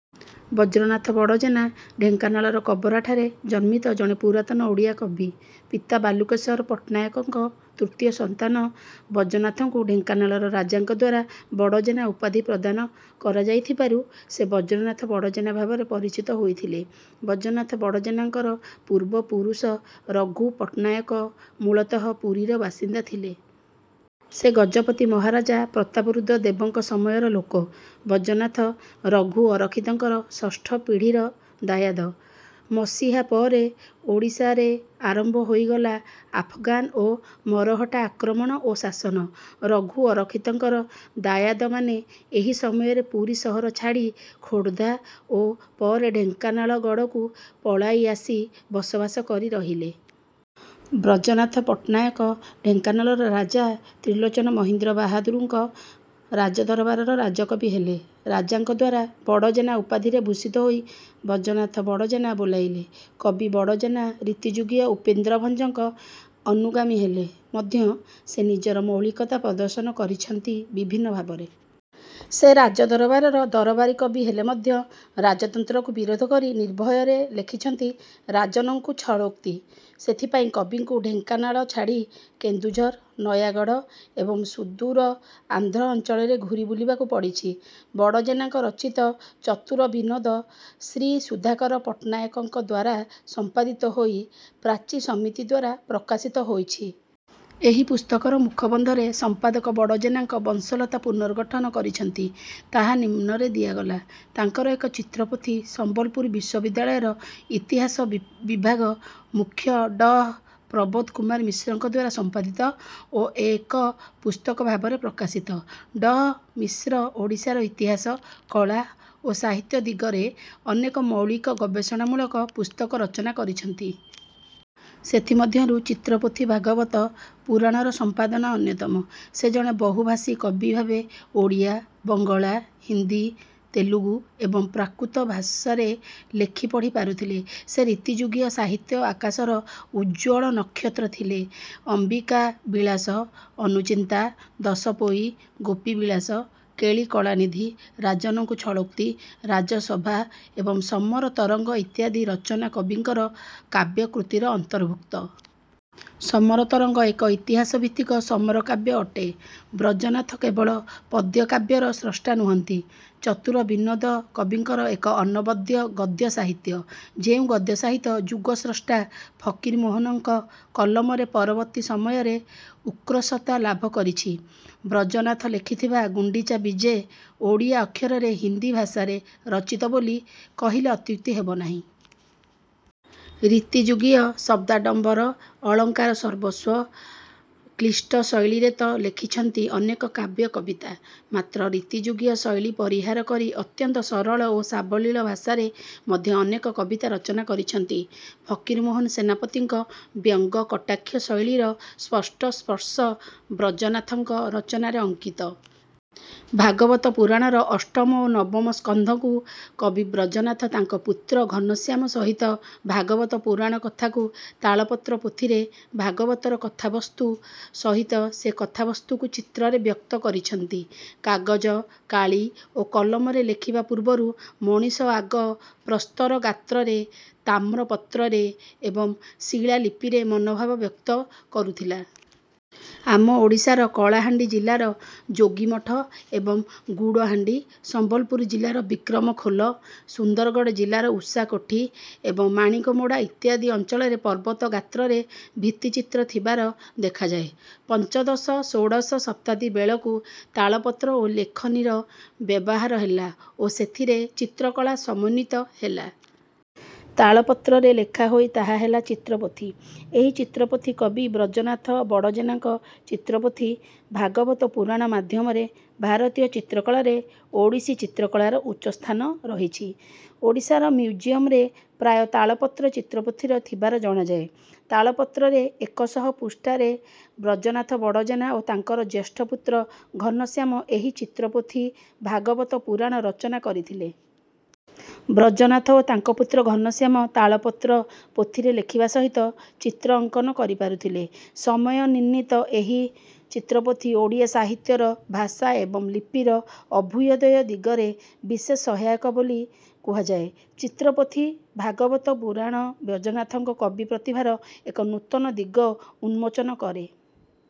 ବ୍ରଜନାଥ ବଡ଼ଜେନା ଢେଙ୍କାନାଳର କବରାଠାରେ ଜନ୍ମିତ ଜଣେ ପୁରାତନ ଓଡ଼ିଆ କବି। ପିତା ବାଲୁକେଶ୍ୱର ପଟ୍ଟନାୟକଙ୍କ ତୃତୀୟ ସନ୍ତାନ ବ୍ରଜନାଥଙ୍କୁ ଢେଙ୍କାନାଳ ରାଜାଙ୍କଦ୍ୱାରା ବଡ଼ଜେନା ଉପାଧି ପ୍ରଦାନ କରାଯାଇଥିବାରୁ, ସେ ବ୍ରଜନାଥ ବଡ଼ଜେନା ଭାବରେ ପରିଚିତ ହୋଇଥିଲେ। ବ୍ରଜନାଥ ବଡ଼ଜେନା ଙ୍କର ପୂର୍ବ ପୁରୁଷ ରଘୁ ପଟ୍ଟନାୟକ ମୂଳତଃ ପୁରୀର ବାସିନ୍ଦା ଥିଲେ। ସେ ଗଜପତି ମହାରାଜା ପ୍ରତାପରୁଦ୍ର ଦେବଙ୍କ ସମୟର ଲୋକ। ବ୍ରଜନାଥ, ରଘୁ ଅରକ୍ଷିତଙ୍କର ଷଷ୍ଠ ପିଢିର ଦାୟାଦ। ମସିହା ପରେ ଓଡ଼ିଶାରେ ଆରମ୍ଭ ହୋଇଗଲା ଆଫଗାନ ଓ ମରହଟ୍ଟା ଆକ୍ରମଣ ଓ ଶାସନ। ରଘୁ ଅରକ୍ଷିତଙ୍କର ଦାୟାଦମାନେ ଏହି ସମୟରେ ପୁରୀ ସହର ଛାଡ଼ି ଖୋର୍ଦ୍ଧା ଏବଂ ପରେ ଢେଙ୍କାନାଳଗଡ଼କୁ ପଳାଇ ଆସି ବସବାସ କରି ରହିଲେ। ବ୍ରଜନାଥ ପଟ୍ଟନାୟକ ଢେଙ୍କାନାଳର ରାଜା ତ୍ରିଲୋଚନ ମହୀନ୍ଦ୍ର ବାହାଦୁରଙ୍କ ରାଜ ଦରବାରର ରାଜକବି ହେଲେ। ରାଜାଙ୍କଦ୍ୱାରା 'ବଡ଼ଜେନା' ଉପାଧିରେ ଭୂଷିତ ହୋଇ ବ୍ରଜନାଥ ବଡ଼ଜେନା ବୋଲାଇଲେ। କବି ବଡଜେନା ରୀତିଯୁଗୀୟ ଉପେନ୍ଦ୍ର ଭଞ୍ଜଙ୍କ ଅନୁଗାମୀ ହେଲେ ମଧ୍ୟ ସେ ନିଜର ମୌଳିକତା ପ୍ରଦର୍ଶନ କରିଛନ୍ତି ବିଭିନ୍ନ ଭାବରେ। ସେ ରାଜ ଦରବାରର ଦରବାରୀ କବି ହେଲେ ମଧ୍ୟ ରାଜତନ୍ତ୍ରକୁ ବିରୋଧ କରି ନିର୍ଭୟରେ ଲେଖିଛନ୍ତି 'ରାଜନଙ୍କୁ ଛଳୋକ୍ତି'। ସେଥିପାଇଁ କବିଙ୍କୁ ଢେଙ୍କାନାଳ ଛାଡ଼ି କେନ୍ଦୁଝର, ନୟାଗଡ଼ ଏବଂ ସୁଦୂର ଆନ୍ଧ୍ର ଅଞ୍ଚଳରେ ଘୂରି ବୁଲିବାକୁ ପଡ଼ିଛି। ବଡ଼ଜେନାଙ୍କ ରଚିତ ଚତୁରବିନୋଦ ଶ୍ରୀ ସୁଧାକର ପଟ୍ଟନାୟକଙ୍କଦ୍ୱାରା ସମ୍ପାଦିତ ହୋଇ ପ୍ରାଚୀ ସମିତିଦ୍ୱାରା ପ୍ରକାଶିତ ହୋଇଛି। ଏହି ପୁସ୍ତକର ମୁଖବନ୍ଧରେ ସମ୍ପାଦକ ବଡ଼ଜେନାଙ୍କ ବଂଶଲତା ପୁନର୍ଗଠନ କରିଛନ୍ତି। ତାହା ନିମ୍ନରେ ଦିଆଗଲା। ତାଙ୍କର ଏକ ଚିତ୍ରପୋଥି ସମ୍ବଲପୁର ବିଶ୍ୱବିଦ୍ୟାଳୟର ଇତିହାସ ବିଭାଗ ମୁଖ୍ୟ ଡଃ ପ୍ରବୋଧ କୁମାର ମିଶ୍ରଙ୍କଦ୍ୱାରା ସମ୍ପାଦିତ ଓ ଏକ ପୁସ୍ତକଭାବରେ ପ୍ରକାଶିତ। ଡଃ ମିଶ୍ର ଓଡ଼ିଶାର ଇତିହାସ, କଳା ଓ ସାହିତ୍ୟ ଦିଗରେ ଅନେକ ମୌଳିକ ଗବେଷଣାମୂଳକ ପୁସ୍ତକ ରଚନା କରିଛନ୍ତି। ସେଥି ମଧ୍ୟରୁ ଚିତ୍ରପୋଥି-ଭାଗବତ ପୁରାଣର ସମ୍ପାଦନା ଅନ୍ୟତମ। ସେ ଜଣେ ବହୁ ଭାଷୀ କବି ଭାବେ ଓଡ଼ିଆ, ବଙ୍ଗଳା, ହିନ୍ଦୀ, ତେଲୁଗୁ ଏବଂ ପ୍ରାକୃତ ଭାଷାରେ ଲେଖି ପଢ଼ି ପାରୁଥିଲେ। ସେ ରୀତିଯୁଗୀୟ ସାହିତ୍ୟ ଆକାଶର ଉଜ୍ଜ୍ୱଳ ନକ୍ଷତ୍ର ଥିଲେ। ଅମ୍ବିକା ବିଳାସ, ଅନୁଚିନ୍ତା, ଦଶପୋଇ, ଗୋପୀ ବିଳାସ, କେଳି କଳାନିଧି, ରାଜନଙ୍କୁ ଛଳୋକ୍ତି, ରାଜସଭା ଏବଂ ସମର ତରଙ୍ଗ ଇତ୍ୟାଦି ରଚନା କବିଙ୍କର କାବ୍ୟକୃତିର ଅନ୍ତର୍ଭୁକ୍ତ। ସମର ତରଙ୍ଗ ଏକ ଇତିହାସଭିତ୍ତିକ ସମର କାବ୍ୟ ଅଟେ। ବ୍ରଜନାଥ କେବଳ ପଦ୍ୟକାବ୍ୟର ସ୍ରଷ୍ଟା ନୁହଁନ୍ତି, ଚତୁର ବିନୋଦ କବିଙ୍କର ଏକ ଅନବଦ୍ୟ ଗଦ୍ୟସାହିତ୍ୟ, ଯେଉଁ ଗଦ୍ୟସାହିତ୍ୟ ଯୁଗସ୍ରଷ୍ଟା ଫକିରମୋହନଙ୍କ କଲମରେ ପରବର୍ତ୍ତୀ ସମୟରେ ଉକ୍ରର୍ଷତା ଲାଭ କରିଛି। ବ୍ରଜନାଥ ଲେଖିଥିବା 'ଗୁଣ୍ଡିଚା ବିଜେ' ଓଡ଼ିଆ ଅକ୍ଷରରେ ହିନ୍ଦୀ ଭାଷାରେ ରଚିତ ବୋଲି କହିଲେ ଅତ୍ୟୁକ୍ତି ହେବ ନାହିଁ। ରୀତିଯୁଗୀୟ ଶବ୍ଦାଡମ୍ବର, ଅଳଙ୍କାର-ସର୍ବସ୍ୱ, କ୍ଳିଷ୍ଟ ଶୈଳୀରେ ତ ସେ ଲେଖିଛନ୍ତି ଅନେକ କାବ୍ୟ କବିତା; ମାତ୍ର ରୀତିଯୁଗୀୟ ଶୈଳୀ ପରିହାର କରି ଅତ୍ୟନ୍ତ ସରଳ ଓ ସାବଲୀଳ ଭାଷାରେ ମଧ୍ୟ ଅନେକ କବିତା ରଚନା କରିଛନ୍ତି। ଫକିରମୋହନ ସେନାପତିଙ୍କ ବ୍ୟଙ୍ଗ-କଟାକ୍ଷ ଶୈଳୀର ସ୍ପଷ୍ଟ ସ୍ପର୍ଶ ବ୍ରଜନାଥଙ୍କ ରଚନାରେ ଅଙ୍କିତ। ଭାଗବତ ପୁରାଣର ଅଷ୍ଟମ ଓ ନବମ ସ୍କନ୍ଧକୁ କବି ବ୍ରଜନାଥ ତାଙ୍କ ପୁତ୍ର ଘନଶ୍ୟାମ ସହିତ ଭାଗବତ ପୁରାଣ କଥାକୁ ତାଳପତ୍ର ପୋଥିରେ ଭାଗବତର କଥାବସ୍ତୁ ସହିତ ସେ କଥାବସ୍ତୁକୁ ଚିତ୍ରରେ ବ୍ୟକ୍ତ କରିଛନ୍ତି। କାଗଜ, କାଳି ଓ କଲମରେ ଲେଖିବା ପୂର୍ବରୁ ମଣିଷ ଆଗ ପ୍ରସ୍ତରଗାତ୍ରରେ, ତାମ୍ରପତ୍ରରେ ଏବଂ ଶିଳାଲିପିରେ ମନୋଭାବ ବ୍ୟକ୍ତ କରୁଥିଲା। ଆମ ଓଡ଼ିଶାର କଳାହାଣ୍ଡି ଜିଲାର ଯୋଗୀମଠ ଏବଂ ଗୁଡ଼ହାଣ୍ଡି, ସମ୍ବଲପୁର ଜିଲାର ବିକ୍ରମଖୋଲ, ସୁନ୍ଦରଗଡ଼ ଜିଲାର ଉଷାକୋଠି ଏବଂ ମାଣିକମୋଡ଼ା ଇତ୍ୟାଦି ଅଞ୍ଚଳରେ ପର୍ବତ ଗାତ୍ରରେ ଭିତ୍ତିଚିତ୍ର ଥିବାର ଦେଖାଯାଏ। ପଞ୍ଚଦଶ-ଷୋଡ଼ଶ ଶତାବ୍ଦୀବେଳକୁ ତାଳପତ୍ର ଓ ଲେଖନୀର ବ୍ୟବହାର ହେଲା ଓ ସେଥିରେ ଚିତ୍ରକଳା ସମନ୍ୱିତ ହେଲା। ତାଳପତ୍ରରେ ଲେଖାହୋଇ ତାହା ହେଲା ଚିତ୍ରପୋଥି। ଏହି ଚିତ୍ରପୋଥି କବି ବ୍ରଜନାଥ ବଡ଼ଜେନାଙ୍କ ଚିତ୍ରପୋଥି 'ଭାଗବତ ପୁରାଣ' ମାଧ୍ୟମରେ ଭାରତୀୟ ଚିତ୍ରକଳାରେ ଓଡ଼ିଶୀ ଚିତ୍ରକଳାର ଉଚ୍ଚସ୍ଥାନ ରହିଛି।। ଓଡ଼ିଶାର ମ୍ୟୁଜିୟମରେ ପ୍ରାୟ ତାଳପତ୍ର ଚିତ୍ରପୋଥିର ଥିବାର ଜଣାଯାଏ।। ତାଳପତ୍ରରେ ଏକ ଶହ ପୃଷ୍ଠାରେ ବ୍ରଜନାଥ ବଡ଼ଜେନା ଓ ତାଙ୍କ ଜ୍ୟେଷ୍ଠପୁତ୍ର ଘନଶ୍ୟାମ ଏହି ଚିତ୍ରପୋଥି ଭାଗବତ ପୁରାଣ ରଚନା କରିଥିଲେ। ବ୍ରଜନାଥ ଓ ତାଙ୍କ ପୁତ୍ର ଘନଶ୍ୟାମ ତାଳପତ୍ର ପୋଥିରେ ଲେଖିବା ସହିତ ଚିତ୍ର ଅଙ୍କନ କରି ପାରୁଥିଲେ। ସମୟ ନିର୍ଣ୍ଣିତ ଏହି ଚିତ୍ରପୋଥି ଓଡ଼ିଆ ସାହିତ୍ୟର ଭାଷା ଏବଂ ଲିପିର ଅଭୁ୍ୟଦୟ ଦିଗରେ ବିଶେଷ ସହାୟକ ବୋଲି କୁହାଯାଏ। ଚିତ୍ରପୋଥି -ଭାଗବତ ପୁରାଣ ବ୍ରଜନାଥଙ୍କ କବି ପ୍ରତିଭାର ଏକ ନୂତନ ଦିଗ ଉନ୍ମୋଚନ କରେ।।